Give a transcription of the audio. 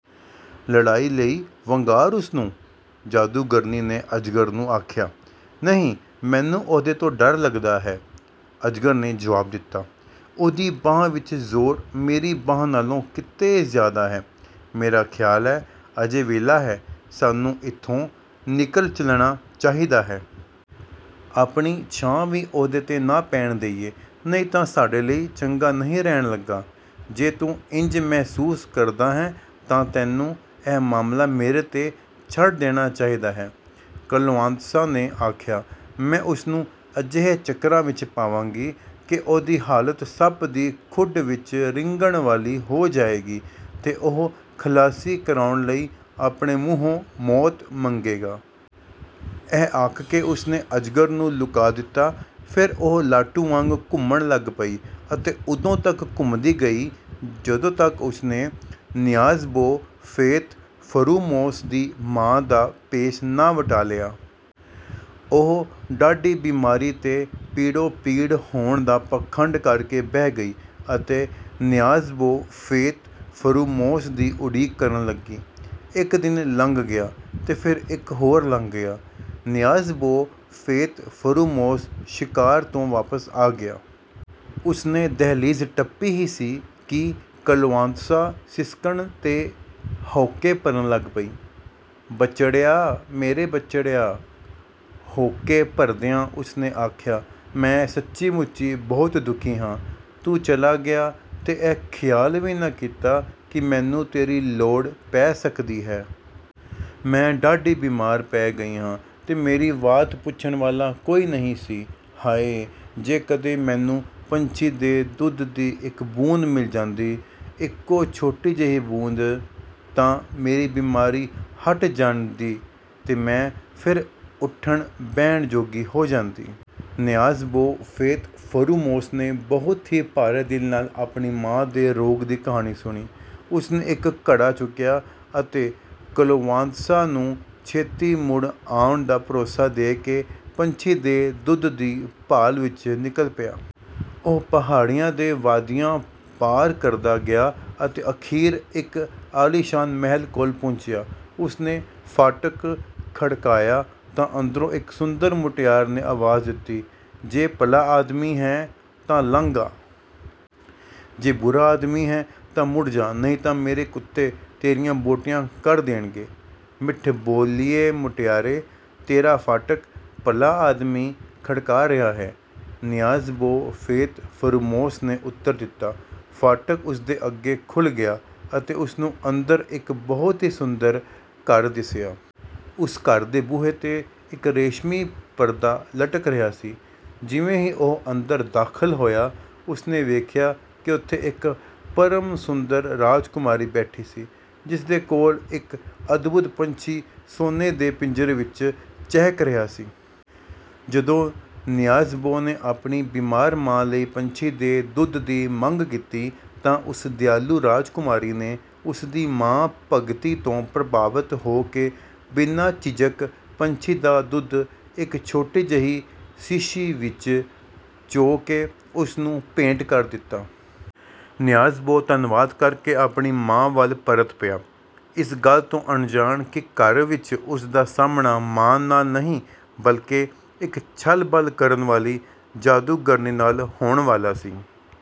"ਲੜਾਈ ਲਈ ਵੰਗਾਰ ਉਸ ਨੂੰ!" ਜਾਦੂਗਰਨੀ ਨੇ ਅਜਗਰ ਨੂੰ ਆਖਿਆ। "ਨਹੀਂ, ਮੈਨੂੰ ਉਹਦੇ ਤੋਂ ਡਰ ਲੱਗਦਾ ਹੈ," ਅਜਗਰ ਨੇ ਜਵਾਬ ਦਿੱਤਾ, "ਉਹਦੀ ਬਾਂਹ ਵਿੱਚ ਜ਼ੋਰ ਮੇਰੀ ਬਾਂਹ ਨਾਲੋਂ ਕਿਤੇ ਜ਼ਿਆਦਾ ਹੈ। ਮੇਰਾ ਖ਼ਿਆਲ ਹੈ, ਅਜੇ ਵੇਲਾ ਹੈ, ਸਾਨੂੰ ਇੱਥੋਂ ਨਿਕਲ ਚੱਲਣਾ ਚਾਹੀਦਾ ਹੈ। ਆਪਣੀ ਛਾਂ ਵੀ ਉਹਦੇ 'ਤੇ ਨਾ ਪੈਣ ਦਈਏ, ਨਹੀਂ ਤਾਂ ਸਾਡੇ ਲਈ ਚੰਗਾ ਨਹੀਂ ਰਹਿਣ ਲੱਗਾ।" "ਜੇ ਤੂੰ ਇੰਜ ਮਹਿਸੂਸ ਕਰਦਾ ਹੈਂ, ਤਾਂ ਤੈਨੂੰ ਇਹ ਮਾਮਲਾ ਮੇਰੇ 'ਤੇ ਛੱਡ ਦੇਣਾ ਚਾਹੀਦਾ ਹੈ," ਕਲੋਆਂਤ ਸੇਓ ਨੇ ਆਖਿਆ, "ਮੈਂ ਉਸ ਨੂੰ ਅਜਿਹੇ ਚੱਕਰਾਂ ਵਿੱਚ ਪਾਵਾਂਗੀ ਕਿ ਉਹਦੀ ਹਾਲਤ ਸੱਪ ਦੀ ਖੁੱਡ ਵਿੱਚ ਰੀਂਗਣ ਵਾਲੀ ਹੋ ਜਾਏਗੀ, ਤੇ ਉਹ ਖ਼ਲਾਸੀ ਕਰਾਉਣ ਲਈ ਆਪਣੇ ਮੂੰਹੋਂ ਮੌਤ ਮੰਗੇਗਾ!" ਇਹ ਆਖ ਕੇ ਉਸ ਨੇ ਅਜਗਰ ਨੂੰ ਲੁਕਾ ਦਿੱਤਾ। ਫਿਰ ਉਹ ਲਾਟੂ ਵਾਂਗ ਘੁੰਮਣ ਲੱਗ ਪਈ ਅਤੇ ਉਦੋਂ ਤੱਕ ਘੁੰਮਦੀ ਗਈ, ਜਦੋਂ ਤੱਕ ਉਸ ਨੇ ਨਿਆਜ਼-ਬੋ ਫ਼ੇਤ-ਫ਼ਰੂਮੋਸ ਦੀ ਮਾਂ ਦਾ ਭੇਸ ਨਾ ਵਟਾ ਲਿਆ। ਉਹ ਡਾਢੀ ਬੀਮਾਰ ਤੇ ਪੀੜੋ-ਪੀੜ ਹੋਣ ਦਾ ਪਾਖੰਡ ਕਰ ਕੇ ਬਹਿ ਗਈ ਅਤੇ ਨਿਆਜ਼-ਬੋ ਫ਼ੇਤ-ਫ਼ਰੂਮੋਸ ਦੀ ਉਡੀਕ ਕਰਨ ਲੱਗੀ। ਇੱਕ ਦਿਨ ਲੰਘ ਗਿਆ ਤੇ ਫਿਰ ਇੱਕ ਹੋਰ ਲੰਘ ਗਿਆ। ਨਿਆਜ਼-ਬੋ ਫ਼ੇਤ-ਫ਼ਰੂਮੋਸ ਸ਼ਿਕਾਰ ਤੋਂ ਵਾਪਸ ਆ ਗਿਆ। ਉਸ ਨੇ ਦਹਿਲੀਜ਼ ਟੱਪੀ ਹੀ ਸੀ ਕਿ ਕਲੋਆਂਤਸਾ ਸਿਸਕਣ ਤੇ ਹਉਕੇ ਭਰਨ ਲੱਗ ਪਈ। "ਬੱਚੜਿਆ, ਮੇਰੇ ਬੱਚੜਿਆ!" ਹਉਕੇ ਭਰਦਿਆਂ ਉਸ ਨੇ ਆਖਿਆ, "ਮੈਂ ਸੱਚੀ-ਮੁੱਚੀ ਬਹੁਤ ਦੁਖੀ ਹਾਂ। ਤੂੰ ਚਲਾ ਗਿਆ ਤੇ ਇਹ ਖ਼ਿਆਲ ਵੀ ਨਾ ਕੀਤਾ ਕਿ ਮੈਨੂੰ ਤੇਰੀ ਲੋੜ ਪੈ ਸਕਦੀ ਹੈ। ਮੈਂ ਡਾਢੀ ਬੀਮਾਰ ਪੈ ਗਈ ਹਾਂ ਤੇ ਮੇਰੀ ਵਾਤ ਪੁੱਛਣ ਵਾਲਾ ਕੋਈ ਨਹੀਂ ਸੀ। ਹਾਇ! ਜੇ ਕਦੇ ਮੈਨੂੰ ਪੰਛੀ ਦੇ ਦੁੱਧ ਦੀ ਇੱਕ ਬੂੰਦ ਮਿਲ ਜਾਂਦੀ, ਇੱਕੋ ਛੋਟੀ ਜਿਹੀ ਬੂੰਦ... ਤਾਂ ਮੇਰੀ ਬੀਮਾਰੀ ਹਟ ਜਾਂਦੀ ਤੇ ਮੈਂ ਫਿਰ ਉੱਠਣ-ਬਹਿਣ ਜੋਗੀ ਹੋ ਜਾਂਦੀ।" ਨਿਆਜ਼-ਬੋ ਫ਼ੇਤ-ਫ਼ਰੂਮੋਸ ਨੇ ਬਹੁਤ ਹੀ ਭਾਰੇ ਦਿਲ ਨਾਲ ਆਪਣੀ ਮਾਂ ਦੇ ਰੋਗ ਦੀ ਕਹਾਣੀ ਸੁਣੀ। ਉਸ ਨੇ ਇੱਕ ਘੜਾ ਚੁੱਕਿਆ ਅਤੇ ਕਲੋਆਂਤਸਾ ਨੂੰ ਛੇਤੀ ਮੁੜ ਆਉਣ ਦਾ ਭਰੋਸਾ ਦੇ ਕੇ ਪੰਛੀ ਦੇ ਦੁੱਧ ਦੀ ਭਾਲ ਵਿੱਚ ਨਿਕਲ ਪਿਆ। ਉਹ ਪਹਾੜੀਆਂ ਤੇ ਵਾਦੀਆਂ ਪਾਰ ਕਰਦਾ ਗਿਆ ਅਤੇ ਅਖ਼ੀਰ ਇੱਕ ਆਲੀਸ਼ਾਨ ਮਹਿਲ ਕੋਲ ਪਹੁੰਚਿਆ। ਉਸ ਨੇ ਫਾਟਕ ਖੜਕਾਇਆ, ਤਾਂ ਅੰਦਰੋਂ ਇੱਕ ਸੁੰਦਰ ਮੁਟਿਆਰ ਨੇ ਆਵਾਜ਼ ਦਿੱਤੀ: "ਜੇ ਭਲਾ ਆਦਮੀ ਹੈਂ, ਤਾਂ ਲੰਘ ਆ। ਜੇ ਬੁਰਾ ਆਦਮੀ ਹੈਂ, ਤਾਂ ਮੁੜ ਜਾ, ਨਹੀਂ ਤਾਂ ਮੇਰੇ ਕੁੱਤੇ ਤੇਰੀਆਂ ਬੋਟੀਆਂ ਕਰ ਦੇਣਗੇ!" "ਮਿੱਠ-ਬੋਲੀਏ ਮੁਟਿਆਰੇ, ਤੇਰਾ ਫਾਟਕ ਭਲਾ ਆਦਮੀ ਖੜਕਾ ਰਿਹਾ ਹੈ," ਨਿਆਜ਼-ਬੋ ਫ਼ੇਤ-ਫ਼ਰੂਮੋਸ ਨੇ ਉੱਤਰ ਦਿੱਤਾ। ਫਾਟਕ ਉਸ ਦੇ ਅੱਗੇ ਖੁੱਲ੍ਹ ਗਿਆ ਅਤੇ ਉਸ ਨੂੰ ਅੰਦਰ ਇੱਕ ਬਹੁਤ ਹੀ ਸੁੰਦਰ ਘਰ ਦਿਸਿਆ। ਉਸ ਘਰ ਦੇ ਬੂਹੇ 'ਤੇ ਇੱਕ ਰੇਸ਼ਮੀ ਪਰਦਾ ਲਟਕ ਰਿਹਾ ਸੀ। ਜਿਵੇਂ ਹੀ ਉਹ ਅੰਦਰ ਦਾਖ਼ਲ ਹੋਇਆ, ਉਸ ਨੇ ਵੇਖਿਆ ਕਿ ਉੱਥੇ ਇੱਕ ਪਰਮ-ਸੁੰਦਰ ਰਾਜਕੁਮਾਰੀ ਬੈਠੀ ਸੀ, ਜਿਸ ਦੇ ਕੋਲ ਇੱਕ ਅਦਭੁਤ ਪੰਛੀ ਸੋਨੇ ਦੇ ਪਿੰਜਰੇ ਵਿੱਚ ਚਹਿਕ ਰਿਹਾ ਸੀ। ਜਦੋਂ ਨਿਆਜ਼-ਬੋ ਨੇ ਆਪਣੀ ਬੀਮਾਰ ਮਾਂ ਲਈ ਪੰਛੀ ਦੇ ਦੁੱਧ ਦੀ ਮੰਗ ਕੀਤੀ, ਤਾਂ ਉਸ ਦਿਆਲੂ ਰਾਜਕੁਮਾਰੀ ਨੇ ਉਸ ਦੀ ਮਾਂ ਭਗਤੀ ਤੋਂ ਪ੍ਰਭਾਵਿਤ ਹੋ ਕੇ ਬਿਨਾਂ ਝਿਜਕ ਪੰਛੀ ਦਾ ਦੁੱਧ ਇੱਕ ਛੋਟੀ ਜਿਹੀ ਸੀਸ਼ੀ ਵਿੱਚ ਚੋ ਕੇ ਉਸ ਨੂੰ ਭੇਂਟ ਕਰ ਦਿੱਤਾ। ਨਿਆਜ਼-ਬੋ ਧੰਨਵਾਦ ਕਰ ਕੇ ਆਪਣੀ ਮਾਂ ਵੱਲ ਪਰਤ ਪਿਆ, ਇਸ ਗੱਲ ਤੋਂ ਅਣਜਾਣ ਕਿ ਘਰ ਵਿੱਚ ਉਸ ਦਾ ਸਾਹਮਣਾ ਮਾਂ ਨਾਲ ਨਹੀਂ, ਬਲਕਿ ਇੱਕ ਛੱਲਬਲ ਕਰਨ ਵਾਲੀ ਜਾਦੂਗਰਨੀ ਨਾਲ ਹੋਣ ਵਾਲਾ ਸੀ।